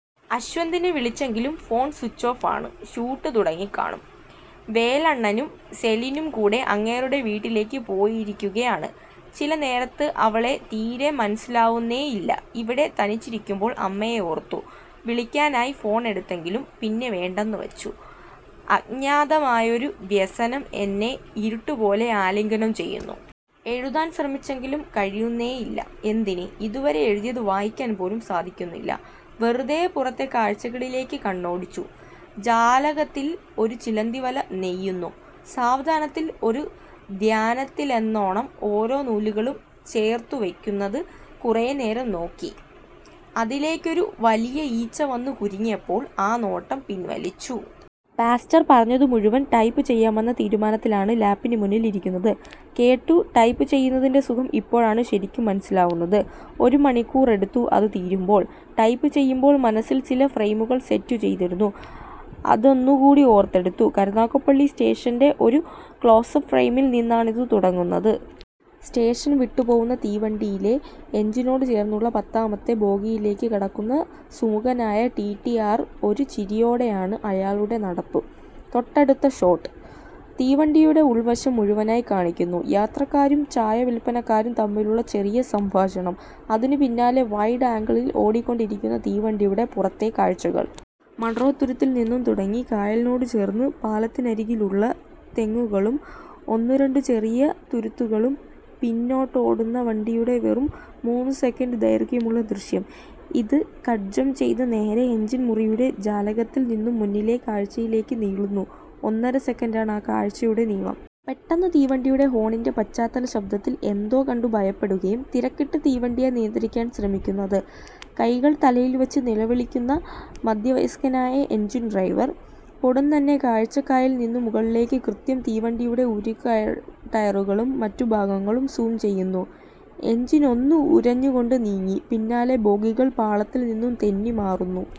അശ്വന്തിനെ വിളിച്ചെങ്കിലും phone switch off ആണ്. Shoot തുടങ്ങിക്കാണും. വേലണ്ണനും സെലിനും കൂടെ അങ്ങേരുടെ വീട്ടിലേക്ക് പോയിരിക്കുകയാണ്. ചില നേരത്ത് അവളെ തീരെ മനസിലാവുന്നേയില്ല. ഇവിടെ തനിച്ചിരിക്കുമ്പോൾ അമ്മയെ ഓർത്തു. വിളിക്കാനായി ഫോൺ എടുത്തെങ്കിലും പിന്നെ വേണ്ടെന്നു വെച്ചു. അജ്ഞാതമായൊരു വ്യസനം എന്നെ ഇരുട്ടുപോലെ ആലിംഗനം ചെയ്യുന്നു. എഴുതാൻ ശ്രമിച്ചെങ്കിലും കഴിയുന്നേയില്ല. എന്തിന്, ഇതുവരെ എഴുതിയത് വായിക്കാൻ പോലും സാധിക്കുന്നില്ല. വെറുതെ പുറത്തെ കാഴ്ചകളിലേക്ക് കണ്ണോടിച്ചു. ജാലകത്തിൽ ഒരു ചിലന്തി വല നെയ്യുന്നു. സാവധാനത്തിൽ, ഒരു ധ്യാനത്തിലെന്നോണം ഓരോ നൂലുകളും ചേർച്ചു വെക്കുന്നത് കുറേനേരം നോക്കി. അതിലേക്കൊരു വലിയ ഈച്ച വന്നു കുരുങ്ങിയപ്പോൾ ആ നോട്ടം പിൻവലിച്ചു. പാസ്റ്റർ പറഞ്ഞതു മുഴുവൻ ടെപ്പ് ചെയ്യാമെന്ന തീരുമാനത്തിലാണ് ലാപിനു മുന്നിൽ ഇരിക്കുന്നത്. കേട്ടു ടെപ്പ് ചെയ്യുന്നതിന്റെ സുഖം ഇപ്പോഴാണ് ശരിക്കും മനസിലാവുന്നത്. ഒരുമണിക്കൂറെടുത്തു അത് തീരുമ്പോൾ. ടൈപ്പ് ചെയ്യുമ്പോൾ മനസിൽ ചില ഫ്രൈമുകൾ സെറ്റ് ചെയ്തിരുന്നു. അതൊന്നുകൂടെ ഓർത്തെടുത്തു; കരുനാഗപ്പള്ളി സ്റ്റേഷന്റെ ഒരു ക്ലോസപ്പ് ഫ്രൈമിൽ നിന്നാണതു തുടങ്ങുന്നത്. സ്റ്റേഷൻ വിട്ടുപോവുന്ന തീവണ്ടിയിലെ എഞ്ചിനോടു ചേർന്നുള്ള പത്താമത്തെ ബോഗിയിലേക്ക് കടക്കുന്ന സുമുഖനായ ടീടി ആർ. ഒരു ചിരിയോടെയാണ് അയാളുടെ നടപ്പ്. തൊട്ടടുത്ത ഷോട്ട്, തീവണ്ടിയുടെ ഉൾവശം മുഴുവനായി കാണിക്കുന്നു. യാത്രക്കാരും ചായ വിൽപ്പനക്കാരും തമ്മിലുള്ള ചെറിയ സംഭാഷണം. അതിനു പിന്നാലെ വൈഡ് ആംഗിളിൽ ഓടിക്കൊണ്ടിരിക്കുന്ന തീവണ്ടിയുടെ പുറത്തെ കാഴ്ചകൾ. മൺറോ തുരുത്തിൽ നിന്നും തുടങ്ങി കായലിനോടു ചേർന്ന്, പാലത്തിനരികിലുള്ള തെങ്ങുകളും ഒന്നുരണ്ടു ചെറിയ തുരുത്തുകളും പിന്നിട്ടോടുന്ന വണ്ടിയുടെ വെറും മൂന്നുസെക്കന്റ് ദൈർഖ്യമുള്ള ദൃശ്യം. അത് കട്ട്ജംബ് ചെയ്ത നേരെ എഞ്ചിൻ മുറിയുടെ ജാലകത്തിൽ നിന്നും മുന്നിലെ കാഴ്ചയിലേക്ക് നീളുന്നു… ഒന്നര സെക്കന്റാണ് ആ കാഴ്ച്ചയുടെ നീളം. പെട്ടന്ന് തീവണ്ടിയുടെ ഹോണിന്റെ പാശ്ചാത്തല ശബ്ദത്തിൽ എന്തോ കണ്ടു ഭയപ്പെടുകയും തിരക്കിട്ട് തീവണ്ടിയെ നിയന്ത്രിക്കാൻ ശ്രമിക്കുന്നത്. കൈകൾ തലയിൽവെച്ച് നിലവിളിക്കുന്ന മധ്യവയസ്കനായ എഞ്ചിൻ ഡ്രൈവർ. പൊടുന്നനെ കാഴ്ച കായലിൽ നിന്നും മുകളിലേക്ക്, കൃത്യം തീവണ്ടിയുടെ ഉരുക്ക് ടയറുകളും മറ്റുഭാഗങ്ങളും സൂം ചെയ്യുന്നു. എഞ്ചിനൊന്നു ഉരഞ്ഞുകൊണ്ട് നീങ്ങി, പിന്നാലെ ബോഗികൾ പാളത്തിൽ നിന്നും തെന്നി മാറുന്നു.